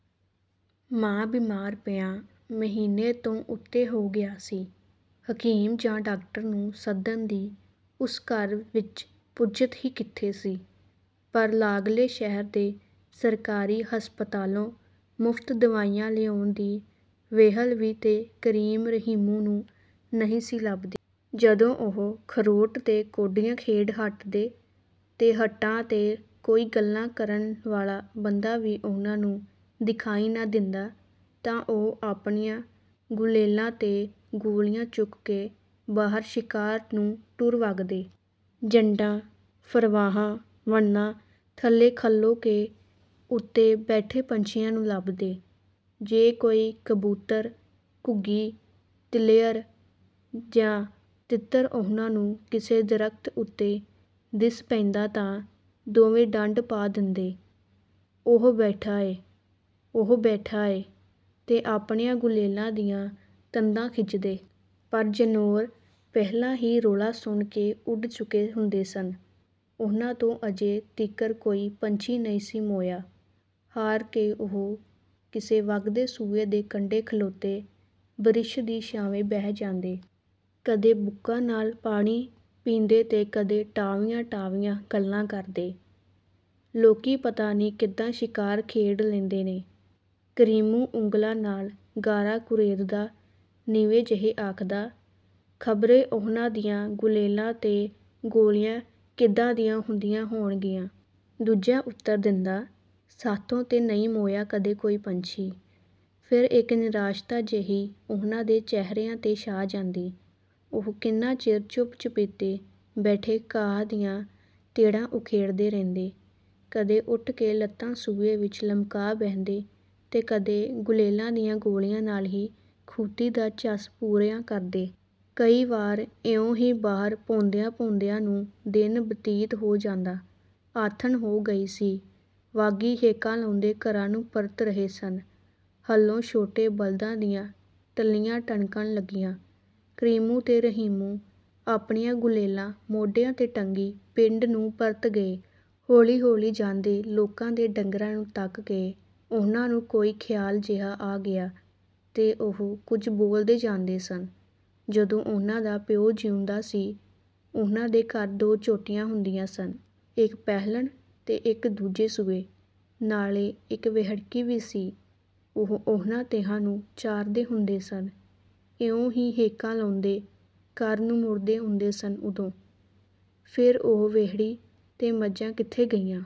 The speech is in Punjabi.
ਮਾਂ ਬੀਮਾਰ ਪਿਆਂ ਮਹੀਨੇ ਤੋਂ ਉੱਤੇ ਹੋ ਗਿਆ ਸੀ। ਹਕੀਮ ਜਾਂ ਡਾਕਟਰ ਨੂੰ ਸੱਦਣ ਦੀ ਉਸ ਘਰ ਵਿਚ ਪੁੱਜਤ ਹੀ ਕਿਥੇ ਸੀ। ਪਰ ਲਾਗਲੇ ਸ਼ਹਿਰ ਦੇ ਸਰਕਾਰੀ ਹਸਪਤਾਲੋਂ ਮੁਫ਼ਤ ਦਵਾਈਆਂ ਲਿਆਉਣ ਦੀ ਵਿਹਲ ਵੀ ਤੇ ਕਰੀਮ-ਰਹੀਮੂ ਨੂੰ ਨਹੀਂ ਸੀ ਲਭਦੀ। ਜਦੋਂ ਉਹ ਖ਼ਰੋਟ ਤੇ ਕੌਡੀਆਂ ਖੇਡ ਹਟਦੇ ਤੇ ਹੱਟਾਂ ਤੇ ਕੋਈ ਗੱਲਾਂ ਕਰਨ ਵਾਲਾ ਬੰਦਾ ਵੀ ਉਨ੍ਹਾਂ ਨੂੰ ਦਿਖਾਈ ਨਾ ਦਿੰਦਾ ਤਾਂ ਉਹ ਆਪਣੀਆਂ ਗੁਲੇਲਾਂ ਤੇ ਗੋਲੀਆਂ ਚੁੱਕ ਕੇ ਬਾਹਰ ਸ਼ਿਕਾਰ ਨੂੰ ਟੁਰ ਵਗਦੇ। ਜੰਡਾਂ, ਫਰਵਾਹਾਂ, ਵਣਾਂ ਥੱਲੇ ਖਲੋ ਕੇ ਉੱਤੇ ਬੈਠੇ ਪੰਛੀਆਂ ਨੂੰ ਲਭਦੇ। ਜੇ ਕੋਈ ਕਬੂਤਰ, ਘੁੱਗੀ, ਤਿਲੀਅਰ ਜਾਂ ਤਿੱਤਰ ਉਨ੍ਹਾਂ ਨੂੰ ਕਿਸੇ ਦਰੱਖਤ ਉੱਤੇ ਦਿਸ ਪੈਂਦਾ ਤਾਂ ਦੋਵੇਂ ਡੰਡ ਪਾ ਦਿੰਦੇ, "ਔਹ ਬੈਠਾ ਏ, ਔਹ ਬੈਠਾ ਏ" ਤੇ ਆਪਣੀਆਂ ਗੁਲੇਲਾਂ ਦੀਆਂ ਤੰਦਾਂ ਖਿਚਦੇ। ਪਰ ਜਨੌਰ ਪਹਿਲਾਂ ਹੀ ਰੌਲਾ ਸੁਣ ਕੇ ਉੱਡ ਚੁੱਕੇ ਹੁੰਦੇ ਸਨ। ਉਨ੍ਹਾਂ ਤੋਂ ਅਜੇ ਤੀਕਰ ਕੋਈ ਪੰਛੀ ਨਹੀਂ ਸੀ ਮੋਇਆ। ਹਾਰ ਕੇ ਉਹ ਕਿਸੇ ਵਗਦੇ ਸੂਏ ਦੇ ਕੰਢੇ ਖਲੋਤੇ ਬ੍ਰਿਛ ਦੀ ਛਾਵੇਂ ਬਹਿ ਜਾਂਦੇ। ਕਦੇ ਬੁੱਕਾਂ ਨਾਲ ਪਾਣੀ ਪੀਂਦੇ ਤੇ ਕਦੇ ਟਾਵੀਆਂ ਟਾਵੀਆਂ ਗੱਲਾਂ ਕਰਦੇ। "ਲੋਕੀਂ ਪਤਾ ਨਹੀਂ ਕਿਦਾਂ ਸ਼ਿਕਾਰ ਖੇਡ ਲੈਂਦੇ ਨੇ," ਕਰੀਮੂ ਉਂਗਲਾਂ ਨਾਲ ਗਾਰਾ ਕੁਰੇਦਦਾ ਨਿਵੇਂ ਜਿਹੇ ਆਖਦਾ। ਖ਼ਬਰੇ ਉਨ੍ਹਾਂ ਦੀਆਂ ਗੁਲੇਲਾਂ ਤੇ ਗੋਲੀਆਂ ਕਿਦਾਂ ਦੀਆਂ ਹੁੰਦੀਆਂ ਹੋਣਗੀਆਂ? " ਦੂਜਾ ਉੱਤਰ ਦਿੰਦਾ। "ਸਾਥੋਂ ਤੇ ਨਹੀਂ ਮੋਇਆ ਕਦੇ ਕੋਈ ਪੰਛੀ। " ਫਿਰ ਇਕ ਨਿਰਾਸ਼ਤਾ ਜਿਹੀ ਉਨ੍ਹਾਂ ਦੇ ਚਿਹਰਿਆਂ ਤੇ ਛਾ ਜਾਂਦੀ। ਉਹ ਕਿੰਨਾਂ ਚਿਰ ਚੁੱਪ-ਚੁਪੀਤੇ ਬੈਠੇ ਘਾਹ ਦੀਆਂ ਤਿੜਾਂ ਉਖੇੜਦੇ ਰਹਿੰਦੇ। ਕਦੇ ਉੱਠ ਕੇ ਲੱਤਾਂ ਸੂਏ ਵਿਚ ਲਮਕਾ ਬਹਿੰਦੇ ਤੇ ਕਦੇ ਗੁਲੇਲਾਂ ਦੀਆਂ ਗੋਲੀਆਂ ਨਾਲ ਹੀ ਖੁੱਤੀ ਦਾ ਝੱਸ ਪੂਰਿਆਂ ਕਰਦੇ। ਕਈ ਵਾਰੀ ਇਉਂ ਹੀ ਬਾਹਰ ਭੌਂਦਿਆਂ-ਭੌਂਦਿਆਂ ਨੂੰ ਦਿਨ ਬਤੀਤ ਹੋ ਜਾਂਦਾ। ਆਥਣ ਹੋ ਗਈ ਸੀ। ਵਾਗੀ ਹੇਕਾਂ ਲਾਉਂਦੇ ਘਰਾਂ ਨੂੰ ਪਰਤ ਰਹੇ ਸਨ। ਹਲੋਂ-ਛੁੱਟੇ ਬਲਦਾਂ ਦੀਆਂ ਟੱਲੀਆਂ ਟਣਕਣ ਲੱਗੀਆਂ। ਕਰੀਮੂ ਤੇ ਰਹੀਮੂ ਆਪਣੀਆਂ ਗੁਲੇਲਾਂ ਮੋਢਿਆਂ ਤੇ ਟੰਗੀ ਪਿੰਡ ਨੂੰ ਪਰਤ ਗਏ। ਹੌਲੀ-ਹੌਲੀ ਜਾਂਦੇ ਲੋਕਾਂ ਦੇ ਡੰਗਰਾਂ ਨੂੰ ਤੱਕ ਕੇ ਉਨ੍ਹਾਂ ਨੂੰ ਕੋਈ ਖ਼ਿਆਲ ਜਿਹਾ ਆ ਗਿਆ ਤੇ ਉਹ ਕੁਝ ਬੋਲਦੇ ਜਾਂਦੇ ਸਨ। ਜਦੋਂ ਉਨ੍ਹਾਂ ਦਾ ਪਿਓ ਜੀਉਂਦਾ ਸੀ, ਉਨ੍ਹਾਂ ਦੇ ਘਰ ਦੋ ਝੋਟੀਆਂ ਹੁੰਦੀਆਂ ਸਨ। ਇਕ ਪਹਿਲਣ ਤੇ ਇਕ ਦੂਜੇ ਸੂਏ। ਨਾਲੇ ਇਕ ਵਹਿੜਕੀ ਵੀ ਸੀ। ਉਹ ਉਨ੍ਹਾਂ ਤਿਹਾਂ ਨੂੰ ਚਾਰਦੇ ਹੁੰਦੇ ਸਨ। ਇਉਂ ਹੀ ਹੇਕਾਂ ਲਾਉਂਦੇ ਘਰ ਨੂੰ ਮੁੜਦੇ ਹੁੰਦੇ ਸਨ ਉਦੋਂ। "ਫਿਰ ਉਹ ਵਹਿੜੀ ਤੇ ਮੱਝਾਂ ਕਿਥੇ ਗਈਆਂ? "